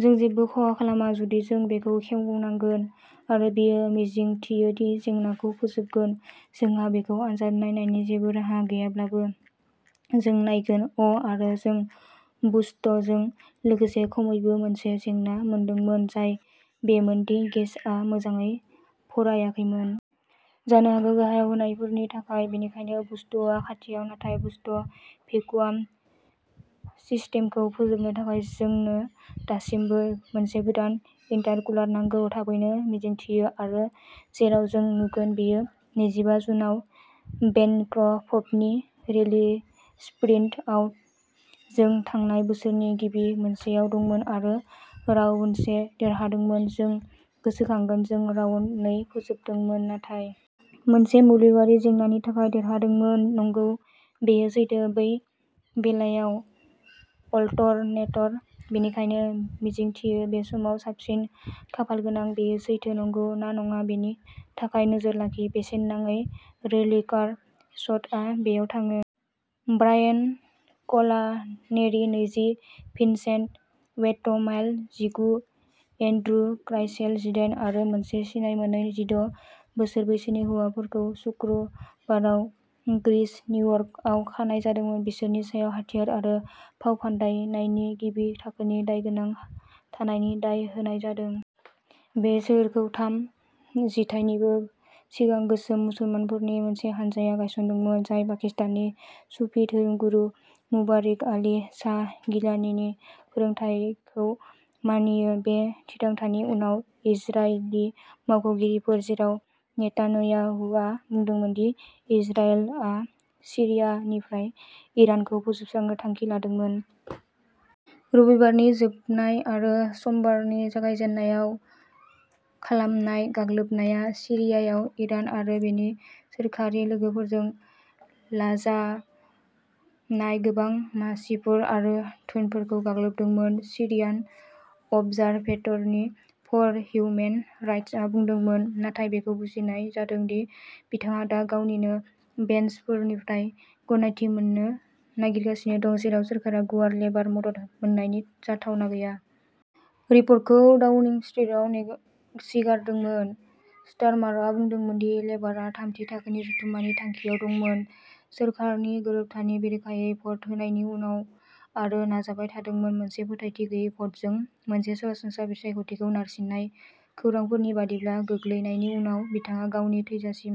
जों जेबो खम खालामा जुदि जों बेखौ खेवनांगोन, आरो बियो मिजिंथियो दि जेंनाखौ फोजोबगोन। जोंहा बेखौ आनजाद नायनायनि जेबो राहा गैयाब्लाबो, जों नायगोन! अ ', आरो जों बुस्टजों लोगोसे खमैबो मोनसे जेंना मोनदोंमोन, जाय बेमोन दि गेजआ मोजाङै फरायाखैमोन। जानो हागौ गाहायाव होनायफोरनि थाखाय। बेनिखायनो बुस्टआ खाथियाव, नाथाय बुस्ट/भेकुवाम सिस्टेमखौ फोजोबनो थाखाय जोंनो दासिमबो मोनसे गोदान इन्टारकुलार नांगौ। थाबैनो, मिजिंथियो। आरो जेराव जों नुगोन बेयो नैजिबा जुनआव बेनक्रफ्टनि रेलीस्प्रिन्टआव। जों थांनाय बोसोरनि गिबि मोनसेयाव दंमोन आरो राउन्ड से देरहादोंमोन; नों गोसोखांगोन जों राउन्ड नै फोजोबदोंमोन नाथाय... मोनसे मोब्लिबारि जेंनानि थाखाय देरहादोंमोन! नंगौ, बेयो सैथो। बै बेलायाव अल्टरनेटर। बेनिखायनो मिजिंथियो बे समाव साबसिन खाफालगोनां। बेयो सैथो नंगौ ना नङा बेनि थाखाय नोजोर लाखि! बेसेन नाङै रैली कार शटआ बेयाव थाङो। ब्रायन कलानेरी, नैजि, भिनसेन्ट वेट्रमाइल, जिगु, एन्ड्रु क्राइसेल, जिदायन, आरो मोनसे सिनाय मोनै जिद' बोसोर बैसोनि हौवाफोरखौ सुक्रुबाराव ग्रिस, निउयर्कआव खानाय जादोंमोन। बिसोरनि सायाव हाथियार आरो फावफान्दायनायनि गिबि थाखोनि दायगोनां थानायनि दाय होनाय जादों। बे सोहोरखौ थाम जिथायनिबो सिगां गोसोम मुसलमानफोरनि मोनसे हानजाया गायसनदोंमोन, जाय पाकिस्ताननि सुफी धोरोमगुरु मुबारिक आली शाह गिलानीनि फोरोंथायखौ मानियो। बे थिरांथानि उनाव इजरायली मावख'गिरिफोर, जेराव नेतान्याहुआ बुंदोंमोन दि इजराइलआ सिरियानिफ्राय इरानखौ फोजोबस्रांनो थांखि लादोंमोन। रबिबारनि जोबनाय आरो समबारनि जागायजेन्नायाव खालामनाय गाग्लोबनाया सिरियायाव ईरान आरो बेनि सोरखारि लोगोफोरजों लाजानाय गोबां मासिफोर आरो धोनफोरखौ गाग्लोबदोंमोन, सिरियान अबजारभेटरि फर हिउमेन राइटसआ बुंदोंमोन। नाथाय बेखौ बुजिनाय जादों दि बिथाङा दा गावनिनो बेन्चफोरनिफ्राय गनायथि मोन्नो नागिरगासिनो दं, जेराव सोरखारा गुवार लेबार मदद मोन्नायनि जाथावना गैया। रिपर्टखौ डाउनिं स्ट्रिटआ नेवसिगारदोंमोन। स्टारमारआ बुंदोंमोन दि लेबारआ "थामथि थाखोनि" जथुम्मानि थांखिआव दंमोन-सोरखारनि गोरोबथानि बेरेखायै भ'ट होनायनि उनाव, आरो नाजाबाय थादोंमोन। मोनसे फोथायथि गैयै भटजों मोनसे सरासनस्रा बिसायख'थिखौ नारसिन्नाय। खौरांफोरनि बायदिब्ला, गोग्लैनायनि उनाव बिथाङा गावनि थैजासिम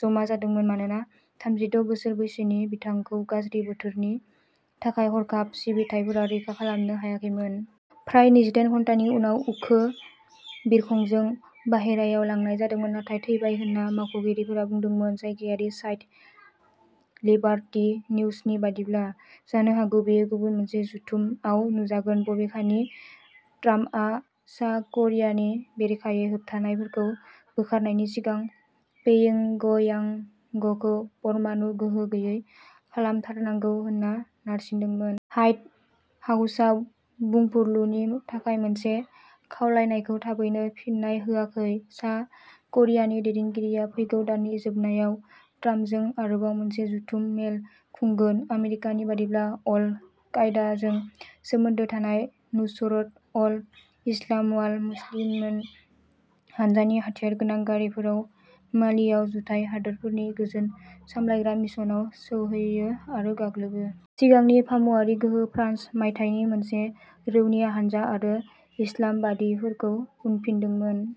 जमा जादोंमोन, मानोना थामजिद' बोसोर बैसोनि बिथांखौ गाज्रि बोथोरनि थाखाय हरखाब सिबिथायफोरा रैखा खालामनो हायाखैमोन। फ्राय नैजिदाइन घन्टानि उनाव, उखौ बिरखंजों बाहेरायाव लांनाय जादोंमोन नाथाय थैबाय होनना मावख'गिरिफोरा बुंदोंमोन, जायगायारि साइट लिबार्टि निउसनि बायदिब्ला। जानो हागौ बेयो गुबुन मोनसे जथुमआव नुजागोन, बबेखानि ट्राम्पआ सा-करियानि बेरेखायै होबथानायफोरखौ बोखारनायनि सिगां प्योंगयांगखौ परमाणु गोहो गैयै खालामथारनांगौ होनना नारसिनदोंमोन। ह्वाइट हाउसआव बुंफुरलुनि थाखाय मोनसे खावलायनायखौ थाबैनो फिन्नाय होआखै। सा-करियानि दैदेनगिरिआ फैगौ दाननि जोबनायाव ट्राम्पजों आरोबाव मोनसे जथुम मेल खुंगोन, आमेरिकानि बायदिब्ला अल-कायदाजों सोमोन्दो थानाय नुसरत अल-इस्लाम वाल मुस्लिमीन हान्जानि हाथियारगोनां गारिफोराव मालिआव जुथाइ हादोरफोरनि गोजोन सामलायग्रा मिशनाव सौहैयो आरो गाग्लोबो। सिगांनि फामुवारि गोहो, फ्रान्स, मायथाइनि मोनसे रौनिया हानजा आरो इस्लामबादिफोरखौ उनफिनदोंमोन।